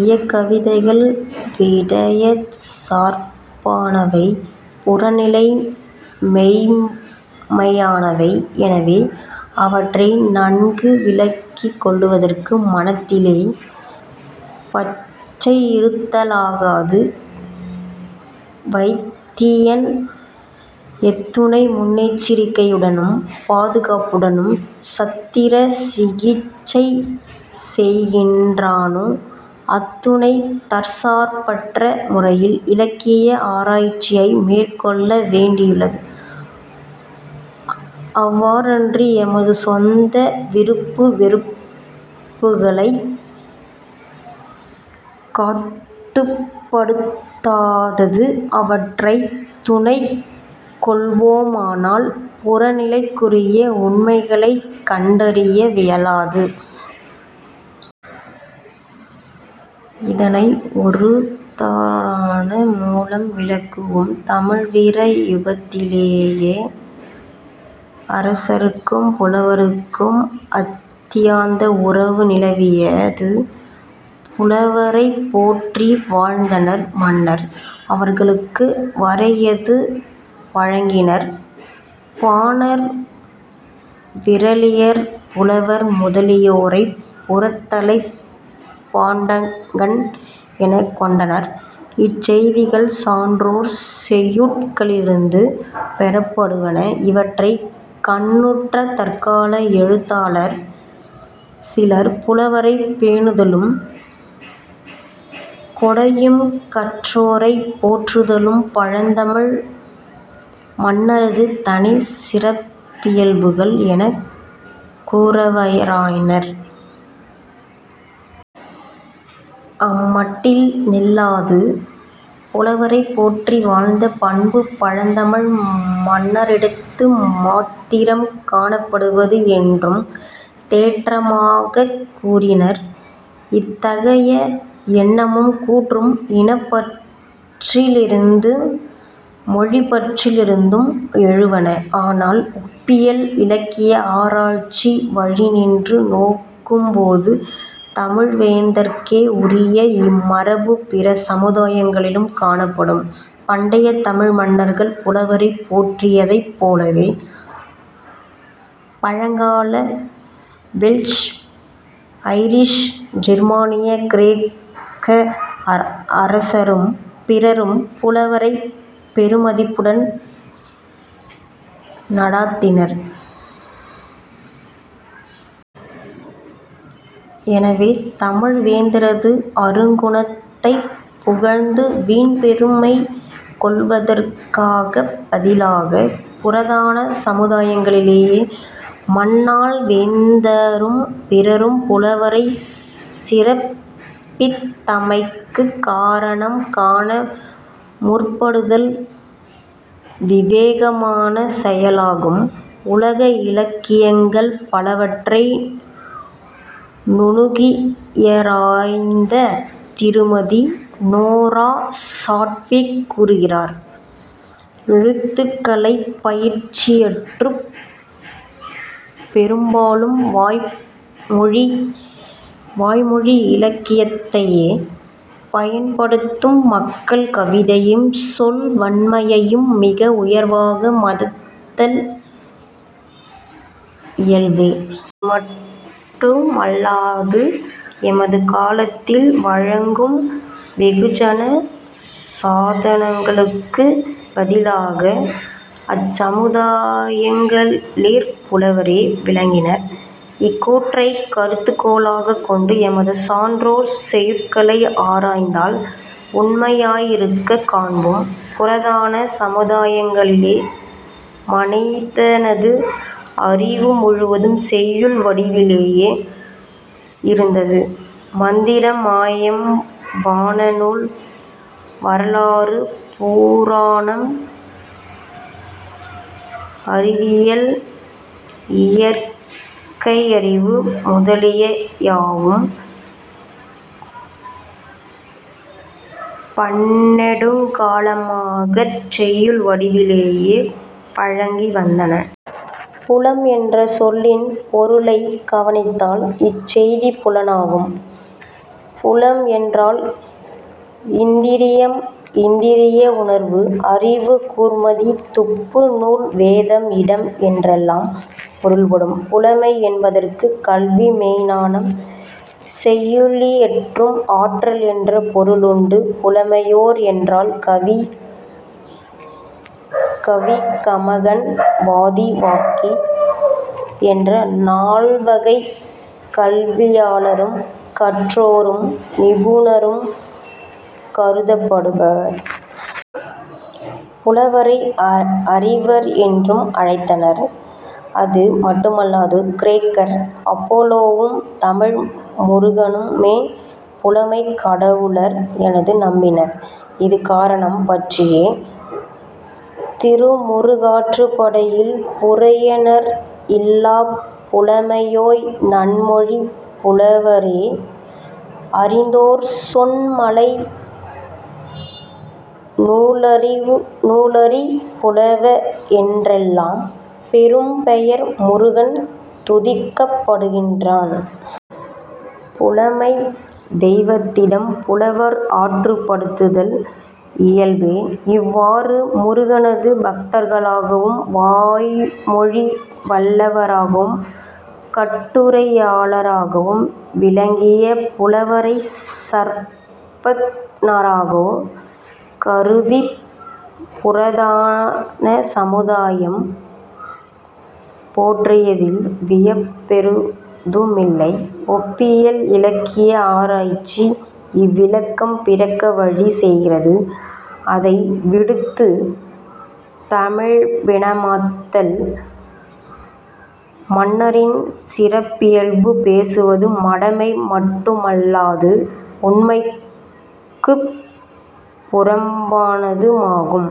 இயக்கவிதிகள் விடயச் சார்பானவை; புறநிலை மெய்ம்மையானவை. எனவே அவற்றை நன்கு விளக்கிக் கொள்ளுவதற்கு மனத்திலே பசையிருத்தலாகாது. வைத்தியன் எத்துணை முன்னெச்சரிக்கையுடனும், பாதுகாப்புடனும் சத்திர சிகிச்சை செய்கின்றானோ அத்துணை தற்சார்பற்ற முறையில் இலக்கிய ஆராய்ச்சியை மேற்கொள்ள வேண்டியுள்ளது. அவ்வாறன்றி எமது சொந்த விருப்பு வெறுப்புகளைக் கட்டுப்படுத்தாது அவற்றைத் துணைக் கொள்வோமானால் புறநிலைக்குரிய உண்மைகளைக் கண்டறிய வியலாது. இதனை ஒருதாரண மூலம் விளக்குவோம். தமிழ் வீர யுகத்திலே அரசருக்கும் புலவருக்கும் அத்தியந்த உறவு நிலவியது. புலவரைப் போற்றி வாழ்ந்தனர் மன்னர். அவர்களுக்கு வரையாது வழங்கினர். பாணர், விறலியர், புலவர் முதலியோரைப் புரத்தலைப் பாண்டகன் எனக் கொண்டனர். இச் செய்திகள் சான்றோர் செய்யுட்களிலிருந்து பெறப்படுவன. இவற்றைக் கண்ணுற்ற தற்கால எழுத்தாளர் சிலர் புலவரைப் பேணுதலும் கொடையும் கற்றோரைப் போற்றுதலும் பழந்தமிழ் மன்னரது தனிச் சிறப்பியல்புகள் எனக் கூறவராயினர். அம்மட்டில் நில்லாது புலவரைப்போற்றி வாழ்ந்த பண்பு பழந்தமிழ் மன்னரிடத்து மாத்திரம் காணப்படுவது என்றும் தேற்றமாகக் கூறினர். இத்தகைய எண்ணமும் கூற்றும் இனப்பற்றிலிருந்தும் மொழிப்பற்றிலிருந்தும் எழுவன. ஆனால் ஒப்பியல் இலக்கிய ஆராய்ச்சி வழி நின்று நோக்கும்போது தமிழ் வேந்தர்க்கே உரிய இம்மரபு பிற சமுதாயங்களிலும் காணப்படும். பண்டைத் தமிழ் மன்னர்கள் புலவரைப் போற்றியதைப் போலவே பழங்கால வெல்ஷ், ஐரிஷ், ஜெர்மானிய, கிரேக்க அரசரும் பிறரும் புலவரைப் பெருமதிப்புடன் நடாத்தினர். எனவே தமிழ் வேந்தரது அருங்குணத்தைப் புகழ்ந்து வீண் பெருமை கொள்ளுவதற்கப் பதிலாகப் புராதன சமுதாயங்களிலே மண்ணாள் வேந்தரும் பிறரும் புலவரைச் சிறப்பித்தமைக்குக் காரணம் காண முற்படுதல் விவேகமான செயலாகும். உலக இலக்கியங்கள் பலவற்றை நுணுகியாராய்ந்த திருமதி. நோரா சாட்விக் கூறுகிறார்: எழுத்துக்கலைப் பயிற்சியற்றுப் பெரும்பாலும் வாய் மொழி இலக்கியத்தையே பயன்படுத்தும் மக்கள் கவிதையையும் சொல் வன்மையையும் மிக உயர்வாக மதித்தல் இயல்பே. அது மட்டுமல்லாது எமது காலத்தில் வழங்கும் வெகுஜன சாதனங்களுக்குப் பதிலாக அச்சமுதாயங்களிற் புலவரே விளங்கினர். இக்கூற்றைக் கருதுகோளாகக் கொண்டு எமது சான்றோர் செய்யுட்களை ஆராய்ந்தால் உண்மையாயிருக்கக் காண்போம். புராதன சமுதாயங்களிலே மனிதனது அறிவு முழுவதும் செய்யுள் வடிவிலேயே இருந்தது. மந்திரம், மாயம், வானநூல், வரலாறு, புராணம், அறிவியல், இயற்கையறிவு முதலிய யாவும் பன்னெடுங்காலமாகச் செய்யுள் வடிவிலேயே வழங்கி வந்தன. புலம் என்ற சொல்லின் பொருளைக் கவனித்தால் இச்செய்தி புலனாகும். புலம் என்றால் இந்திரியம், இந்திரிய உணர்வு, அறிவு, கூர்மதி, துப்பு, நூல், வேதம், இடம் என்றெல்லாம் பொருள்படும். புலமை என்பதற்குக் கல்வி, மெய்ஞ்ஞானம் செய்யுளியற்றும் ஆற்றல் என்ற பொருளுண்டு. புலமையோர் என்றால் கவி, கமகன், வாதி, வாக்கி என்ற நால்வகைக் கல்வியாளரும், கற்றோரும், நிபுணரும் கருதப்படுவர். புலவரை அறிவர் என்றும் அழைத்தனர். அது மட்டுமல்லாது கிரேக்கர் அபோலோவும், தமிழர் முருகனுமே புலமைக் கடவுளர் என நம்பினர். இது காரணம் பற்றியே திருமுருகாற்றுப்படையில், "புரையநர் இல்லாப் புலமையோய்", "நன்மொழிப் புலவரேறே", "அறிந்தோர் சொன் மலை", "நூலறி புலவ" என்றெல்லாம் பெரும் பெயர் முருகன் துதிக்கப்படுகின்றான். புலமைத் தெய்வத்திடம் புலவர் ஆற்றுப் படுத்தப்படுதல் இயல்பே. இவ்வாறு முருகனது பக்தர்களாகவும் வாய்மொழி வல்லவராகவும் கட்டுரையாளராகவும் விளங்கிய புலவரைச் சர்வக்ஞராகக் கருதிப் புராதன சமுதாயம் போற்றியதில் வியப்பெதுவுமில்லை. ஒப்பியல் இலக்கிய ஆராய்ச்சி இவ்விளக்கம் பிறக்க வழி செய்கிறது. அதை விடுத்துத் தமிழபிமானத்தால் மன்னரின் சிறப்பியல்பு பேசுவது மடமை மட்டு மல்லாது உண்மைக்குப் புறம்பானதுமாகும்.